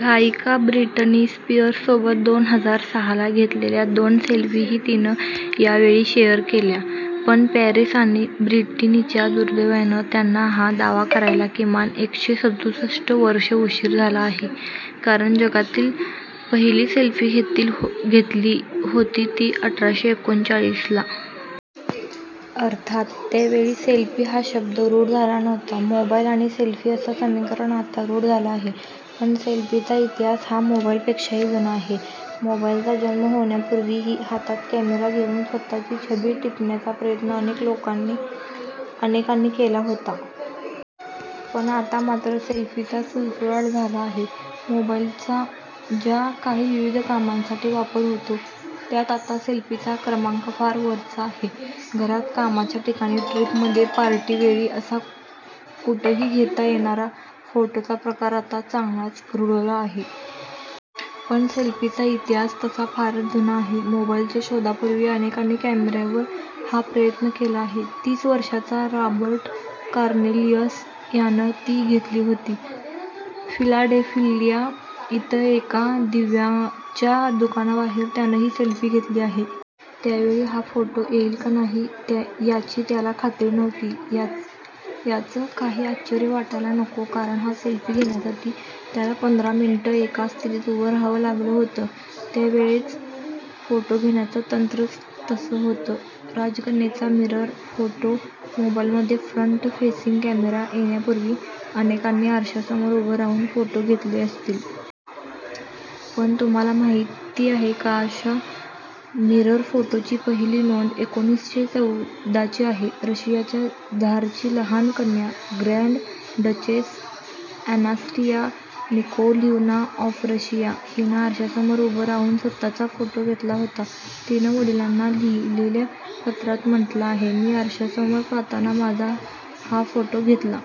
गायिका ब्रिटनी स्पीअर्ससोबत दोन हजार सहाला घेतलेल्या दोन सेल्फीही तिनं यावेळी शेअर केल्या. पण पॅरीस आणि ब्रिटनीच्या दुर्दैवानं त्यांना हा दावा करायला किमान एकशे सदुसष्ठ वर्षं उशीर झाला आहे. कारण जगातली पहिली सेल्फी घेतील होती ती अठराशे एकोणचाळीसला. अर्थात त्यावेळी सेल्फी हा शब्द रूढ झाला नव्हता. मोबाईल आणि सेल्फी असं समीकरण आता रूढ झालं आहे. पण सेल्फीचा इतिहास हा मोबाईलपेक्षा ही जुना आहे. मोबाईलचा जन्म होण्यापूर्वीही हातात कॅमेरा घेऊन स्वतःची छबी टिपण्याचा प्रयत्न अनेकांनी केला होता. पण आता मात्र सेल्फीचा सुळसुळाट झाला आहे. मोबाईलचा ज्या काही विविध कामांसाठी वापर होतो त्यात आता सेल्फीचा क्रमांक फार वरचा आहे. घरात, कामच्या ठिकाणी, ट्रिपमध्ये, पार्टीवेळी असा कुठही घेता येणारा फोटोचा प्रकार आता चांगलाच रुळला आहे. पण सेल्फीचा इतिहास तसा फारच जुना आहे. मोबाईलच्या शोधापूर्वी अनेकांनी कॅमेऱ्यावर हा प्रयत्न केला आहे. तीस वर्षांचा रॉबर्ट कॉर्नेलिअस यानं ती घेतली होती. फिलाडेल्फिया इथं एका दिव्यांच्या दुकानाबाहेर त्यानं ही सेल्फी घेतली आहे. त्यावेळी हा फोटो येईल का नाही, याची त्याला खात्री नव्हती. याच काही आश्चर्य वाटायला नको, कारण हा सेल्फी घेण्यासाठी त्याला पंधरा मिनिटं एकाच स्थितीत उभ रहावं लागलं होतं. त्यावेळच फोटो घेण्याच तंत्रच तसं होतं राजकन्येचा मिरर फोटो मोबाईलमध्ये फ्रंट फेसिंग कॅमेरा येण्यापूर्वी अनेकांनी आरशासमोर उभं राहून फोटो घेतले असतील. पण तुम्हाला माहिती आहे का अशा मिरर फोटोची पहिली नोंद एकोणीसशे चौदाची आहे. रशियाच्या झारची लहान कन्या grand duchess Anastasia Nikolaevna of Russia हिनं आरशासमोर उभं राहून स्वतःचा फोटो घेतला होता. तिनं वडिलांना लिहिलेल्या पत्रात म्हटलं आहे, मी आरशासमोर पाहताना माझा हा फोटो घेतला.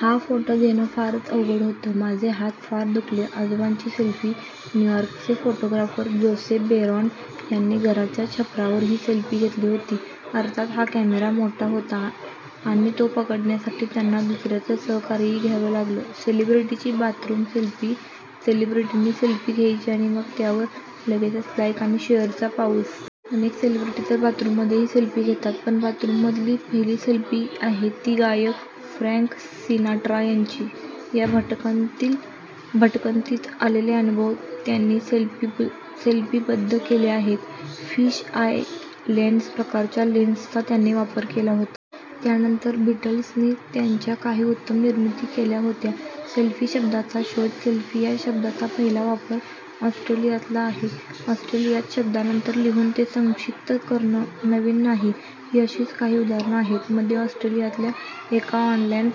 हा फोटो घेणं फारच अवघड होतं. माझे हात फार दुखले. आजोबांची सेल्फी न्यूयॉर्कचे फोटोग्राफर जोसेफ बेरॉन यांनी घराच्या छपरावर ही सेल्फी घेतली होती. अर्थात हा कॅमेरा मोठा होता आणि तो पकडण्यासाठी त्यांना दुसऱ्याचं सहकार्यही घ्यावं लागलं सेलेब्रिटीची बाथरूम सेल्फी सेलेब्रिटींनी सेल्फी घ्यायची आणि मग त्यावर लगेचच लाईक आणि शेअरचा पाऊसच. अनेक सेलेब्रिटी तर बाथरूममध्येही सेल्फी घेतात. पण बाथरूममधली पहिली सेल्फी आहे ती गायक फ्रॅंक सिनाट्रा यांची. या भटकंतीत आलेले अनुभव त्यांनी सेल्फीबद्ध केले आहेत. फिश आय लेन्स प्रकारच्या लेन्सचा त्यांनी वापर केला होता. त्यानंतर बिटल्सनी त्यांच्या काही उत्तम निर्मिती केल्या होत्या सेल्फी शब्दाचा शोध सेल्फी या शब्दाचा पहिला वापर ऑस्ट्रेलियातला आहे. ऑस्ट्रेलियात शब्दानंतर लिहून ते संक्षिप्त करणं नवीन नाही. ही अशीच काही उदाहरणं आहेत. मध्ये ऑस्ट्रेलियातल्या एका ऑनलाईन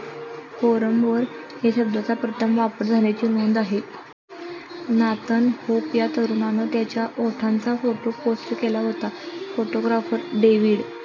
फोरमवर या शब्दाचा प्रथम वापर झाल्याची नोंद आहे. नाथन होप या तरुणानं त्याच्या ओठांचा फोटो पोस्ट केला होता. Photographer David